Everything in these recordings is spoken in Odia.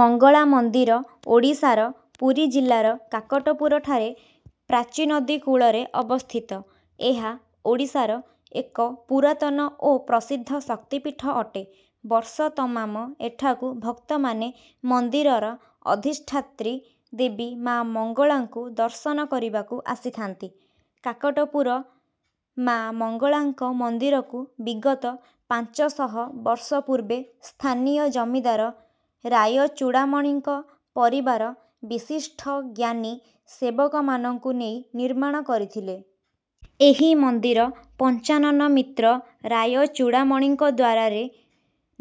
ମଙ୍ଗଳା ମନ୍ଦିର ଓଡ଼ିଶାର ପୁରୀ ଜିଲ୍ଲାର କାକଟପୁରଠାରେ ପ୍ରାଚୀ ନଦୀ କୂଳରେ ଅବସ୍ଥିତ। ଏହା ଓଡ଼ିଶାର ଏକ ପୁରାତନ ଓ ପ୍ରସିଦ୍ଧ ଶକ୍ତିପୀଠ ଅଟେ। ବର୍ଷ ତମାମ ଏଠାକୁ ଭକ୍ତମାନେ ମନ୍ଦିରର ଅଧିଷ୍ଠାତ୍ରୀ ଦେବୀ ମା ମଙ୍ଗଳାଙ୍କୁ ଦର୍ଶନ କରିବାକୁ ଆସିଥାନ୍ତି। କାକଟପୁର ମାମଙ୍ଗଳାଙ୍କ ମନ୍ଦିରକୁ ବିଗତ ପାଞ୍ଚଶହ ବର୍ଷ ପୂର୍ବେ ସ୍ଥାନୀୟ ଜମିଦାର ରାୟଚୁଡାମଣିଙ୍କ ପରିବାର ବିଶିଷ୍ଠ ଜ୍ଞାନୀ ସେବକ ମାନଙ୍କୁ ନେଇ ନିର୍ମାଣ କରିଥିଲେ। ଏହି ମନ୍ଦିର ପଞ୍ଚାନନ ମିତ୍ର ରାୟଚୁଡାମଣିଙ୍କଦ୍ୱାରା ରେ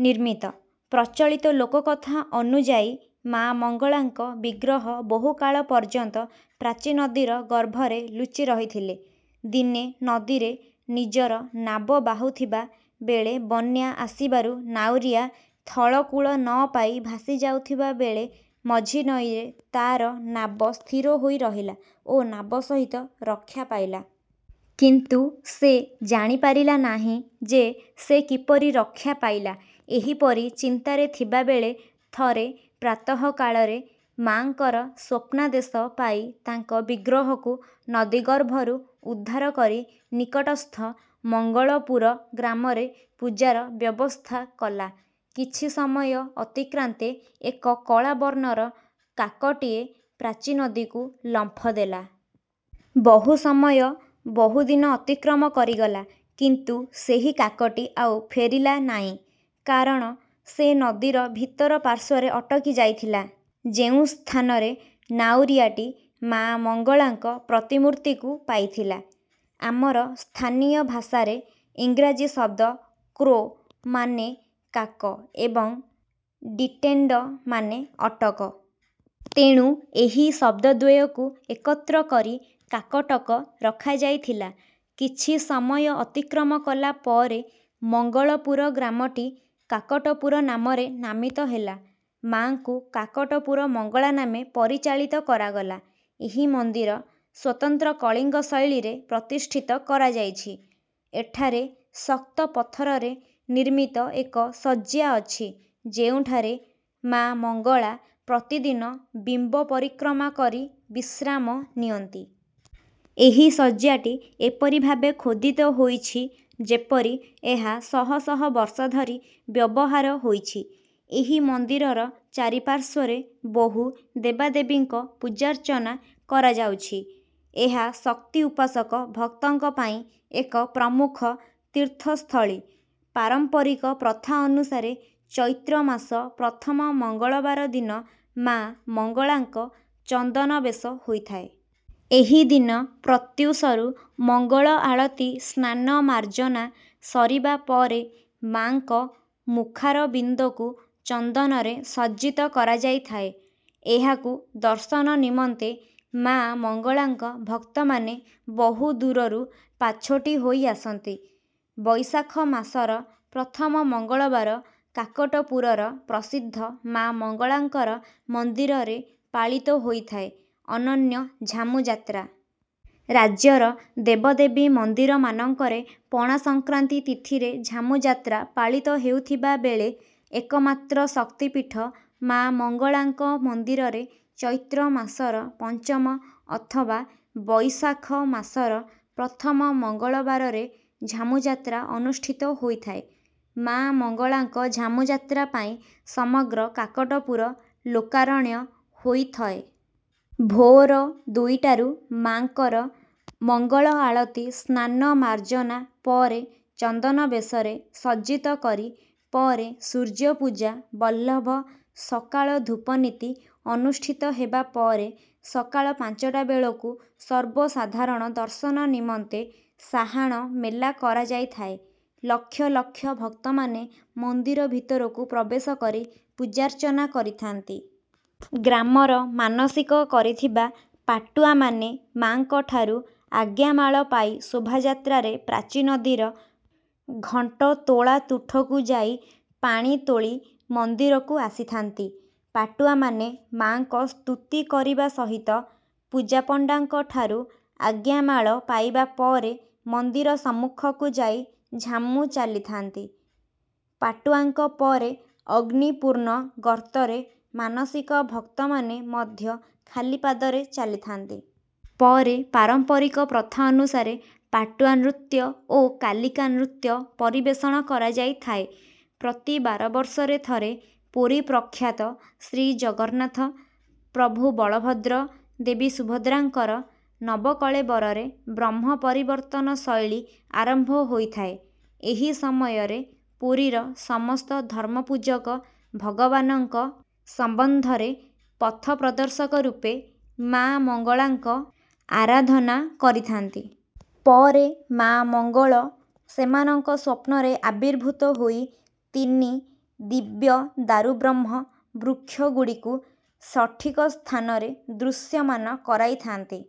ନିର୍ମିତ। ପ୍ରଚଳିତ ଲୋକକଥା ଅନୁଯାୟୀ ମା ମଙ୍ଗଳାଙ୍କ ବିଗ୍ରହ ବହୁକାଳ ପର୍ଯ୍ୟନ୍ତ ପ୍ରାଚୀ ନଦୀର ଗର୍ଭରେ ଲୁଚିରହିଥିଲେ। ଦିନେ ନଦୀରେ ନିଜର ନାବ ବାହୁଥିବା ବେଳେ ବନ୍ୟା ଆସିବାରୁ ନାଉରିଆ ଥଳକୂଳ ନପାଇ ଭାସି ଯାଉଥିବା ବେଳେ ମଝି ନଈରେ ତାର ନାବ ସ୍ଥିରହୋଇ ରହିଲା ଓ ନାବ ସହିତ ରକ୍ଷା ପାଇଲା। କିନ୍ତୁ ସେ ଜାଣିପାରିଲା ନାହିଁ ଯେ ସେ କିପରି ରକ୍ଷା ପାଇଲା ଏହିପରି ଚିନ୍ତାରେ ଥିବାବେଳେ ଥରେ ପ୍ରାତଃକାଳରେ ମାଙ୍କର ସ୍ୱପ୍ନାଦେଶ ପାଇ ତାଙ୍କ ବିଗ୍ରହକୁ ନଦୀ ଗର୍ଭରୁ ଉଦ୍ଧାର କରି ନିକଟସ୍ଥ ମଙ୍ଗଳପୁର ଗ୍ରାମରେ ପୂଜାର ବ୍ୟବସ୍ଥା କଲା। କିଛି ସମୟ ଅତିକ୍ରାନ୍ତେ ଏକ କଳା ବର୍ଣ୍ଣର କାକଟିଏ ପ୍ରାଚୀ ନଦୀକୁ ଲମ୍ଫ ଦେଲା। ବହୁ ସମୟ ବହୁଦିନ ଅତିକ୍ରମ କରିଗଲା କିନ୍ତୁ ସେହି କାକଟି ଆଉ ଫେରିଲା ନାଇଁ କାରଣ ସେ ନଦୀର ଭିତର ପାର୍ଶ୍ୱରେ ଅଟକି ଯାଇଥିଲା ଯେଉଁ ସ୍ଥାନରେ ନାଉରିଆଟି ମାମଙ୍ଗଳାଙ୍କ ପ୍ରତିମୂର୍ତ୍ତିକୁ ପାଇଥିଲା। ଆମର ସ୍ଥାନୀୟ ଭାଷାରେ ଇଂରାଜୀ ଶବ୍ଦ କ୍ରୋ ମାନେ କାକ ଏବଂ ଡିଟେଣ୍ଡ ମାନେ ଅଟକ। ତେଣୁ ଏହି ଶବ୍ଦ ଦ୍ୱୟକୁ ଏକତ୍ର କରି କାକଟକ ରଖାଯାଇଥିଲା। କିଛି ସମୟ ଅତିକ୍ରମ କଲା ପରେ ମଙ୍ଗଳପୁର ଗ୍ରାମଟି କାକଟପୁର ନାମରେ ନାମିତ ହେଲା। ମାଙ୍କୁ କାକଟପୁର ମଙ୍ଗଳା ନାମେ ପରିଚାଳିତ କରାଗଲା। ଏହି ମନ୍ଦିର ସ୍ୱତନ୍ତ୍ର କଳିଙ୍ଗ ଶୈଳୀରେ ପ୍ରତିଷ୍ଠିତ କରାଯାଇଛି। ଏଠାରେ ଶକ୍ତ ପଥରରେ ନିର୍ମିତ ଏକ ଶଯ୍ୟା ଅଛି ଯେଉଁଠାରେ ମାମଙ୍ଗଳା ପ୍ରତିଦିନ ବିମ୍ବ ପରିକ୍ରମା କରି ବିଶ୍ରାମ ନିଅନ୍ତି। ଏହି ଶଯ୍ୟାଟି ଏପରି ଭାବେ ଖୋଦିତ ହୋଇଛି ଯେପରି ଏହା ଶହ ଶହ ବର୍ଷ ଧରି ବ୍ୟବହାର ହୋଇଛି। ଏହି ମନ୍ଦିରର ଚାରି ପାର୍ଶ୍ୱରେ ବହୁ ଦେବାଦେବୀଙ୍କ ପୂଜାର୍ଚ୍ଚନା କରାଯାଉଛି। ଏହା ଶକ୍ତି ଉପାସକ ଭକ୍ତଙ୍କ ପାଇଁ ଏକ ପ୍ରମୁଖ ତୀର୍ଥସ୍ଥଳୀ। ପାରମ୍ପରିକ ପ୍ରଥା ଅନୁସାରେ ଚୈତ୍ର ମାସ ପ୍ରଥମ ମଙ୍ଗଳବାର ଦିନ ମା ମଙ୍ଗଳାଙ୍କ ଚନ୍ଦନ ବେଶ ହୋଇଥାଏ। ଏହିଦିନ ପ୍ରତ୍ୟୁଷରୁ ମଙ୍ଗଳ ଆଳତି ସ୍ନାନ ମାର୍ଜନା ସରିବା ପରେ ମାଙ୍କ ମୁଖାରବିନ୍ଦକୁ ଚନ୍ଦନରେ ସଜ୍ଜିତ କରାଯାଇଥାଏ। ଏହାକୁ ଦର୍ଶନ ନିମନ୍ତେ ମାମଙ୍ଗଳାଙ୍କ ଭକ୍ତମାନେ ବହୁ ଦୂରରୁ ପାଛୋଟି ହୋଇ ଆସନ୍ତି। ବୈଶାଖ ମାସର ପ୍ରଥମ ମଙ୍ଗଳବାର କାକଟପୁରର ପ୍ରସିଦ୍ଧ ମା ମଙ୍ଗଳାଙ୍କର ମନ୍ଦିରରେ ପାଳିତ ହୋଇଥାଏ ଅନନ୍ୟ ଝାମୁଯାତ୍ରା। ରାଜ୍ୟର ଦେବଦେବୀ ମନ୍ଦିରମାନଙ୍କରେ ପଣା ସଂକ୍ରାନ୍ତି ତିଥିରେ ଝାମୁଯାତ୍ରା ପାଳିତ ହେଉଥିବା ବେଳେ ଏକମାତ୍ର ଶକ୍ତିପୀଠ ମା ମଙ୍ଗଳାଙ୍କ ମନ୍ଦିରରେ ଚୈତ୍ର ମାସର ପଞ୍ଚମ ଅଥବା ବୈଶାଖ ମାସର ପ୍ରଥମ ମଙ୍ଗଳବାରରେ ଝାମୁଯାତ୍ରା ଅନୁଷ୍ଠିତ ହୋଇଥାଏ। ମା ମଙ୍ଗଳାଙ୍କ ଝାମୁଯାତ୍ରା ପାଇଁ ସମଗ୍ର କାକଟପୁର ଲୋକାରଣ୍ୟ ହୋଇଥଏ। ଭୋର ଦୁଇଟାରୁ ମାଙ୍କର ମଙ୍ଗଳ ଆଳତି ସ୍ନାନ ମାର୍ଜନା ପରେ ଚନ୍ଦନବେଶରେ ସଜ୍ଜିତକରି ପରେ ସୂର୍ଯ୍ୟପୂଜା ବଲ୍ଲଭ ସକାଳ ଧୂପନୀତି ଅନୁଷ୍ଠିତ ହେବାପରେ ସକାଳ ପାଞ୍ଚଟା ବେଳକୁ ସର୍ବସାଧାରଣ ଦର୍ଶନ ନିମନ୍ତେ ସାହାଣମେଲା କରାଯାଇଥାଏ। ଲକ୍ଷ ଲକ୍ଷ ଭକ୍ତମାନେ ମନ୍ଦିର ଭିତରକୁ ପ୍ରବେଶକରି ପୂଜାର୍ଚ୍ଚନା କରିଥାନ୍ତି। ଗ୍ରାମର ମାନସିକ କରିଥିବା ପାଟୁଆମାନେ ମାଙ୍କ ଠାରୁ ଆଜ୍ଞାମାଳ ପାଇ ଶୋଭାଯାତ୍ରାରେ ପ୍ରାଚୀ ନଦୀର ଘଣ୍ଟତୋଳାତୁଠକୁ ଯାଇ ପାଣି ତୋଳି ମନ୍ଦିରକୁ ଆସିଥାନ୍ତି। ପାଟୁଆମାନେ ମାଙ୍କ ସ୍ତୁତି କରିବା ସହିତ ପୂଜାପଣ୍ଡାଙ୍କଠାରୁ ଆଜ୍ଞାମାଳ ପାଇବାପରେ ମନ୍ଦିର ସମ୍ମୁଖକୁ ଯାଇ ଝାମୁ ଚାଲିଥାନ୍ତି। ପାଟୁଆଙ୍କ ପରେ ଅଗ୍ନିପୁର୍ଣ୍ଣ ଗର୍ତ୍ତରେ ମାନସିକ ଭକ୍ତମାନେ ମଧ୍ୟ ଖାଲିପାଦରେ ଚାଲିଥାନ୍ତି। ପରେ ପାରମ୍ପରିକ ପ୍ରଥା ଅନୁସାରେ ପାଟୁଆ ନୃତ୍ୟ ଓ କାଲିକା ନୃତ୍ୟ ପରିବେଷଣ କରାଯାଇଥାଏ। ପ୍ରତି ବାରବର୍ଷରେ ଥରେ ପୁରୀ ପ୍ରଖ୍ୟାତ ଶ୍ରୀଜଗନ୍ନାଥ ପ୍ରଭୁ ବଳଭଦ୍ର ଦେବୀ ସୁଭଦ୍ରା ଙ୍କର ନବକଳେବରରେ ବ୍ରହ୍ମ ପରିବର୍ତ୍ତନ ଶୈଳୀ ଆରମ୍ଭ ହୋଇଥାଏ। ଏହି ସମୟରେ ପୁରୀର ସମସ୍ତ ଧର୍ମ ପୂଜକ ଭଗବାନଙ୍କ ସମ୍ବନ୍ଧରେ ପଥପ୍ରଦର୍ଶକ ରୂପେ ମାମଙ୍ଗଳାଙ୍କ ଆରାଧନା କରିଥାନ୍ତି। ପରେ ମାମଙ୍ଗଳ ସେମାନଙ୍କ ସ୍ୱପ୍ନରେ ଆବିର୍ଭୁତ ହୋଇ ତିନି ଦିବ୍ୟ ଦାରୁବ୍ରହ୍ମ ବୃକ୍ଷ ଗୁଡ଼ିକୁ ସଠିକ ସ୍ଥାନରେ ଦୃଶ୍ୟମାନ କରାଇଥାନ୍ତି।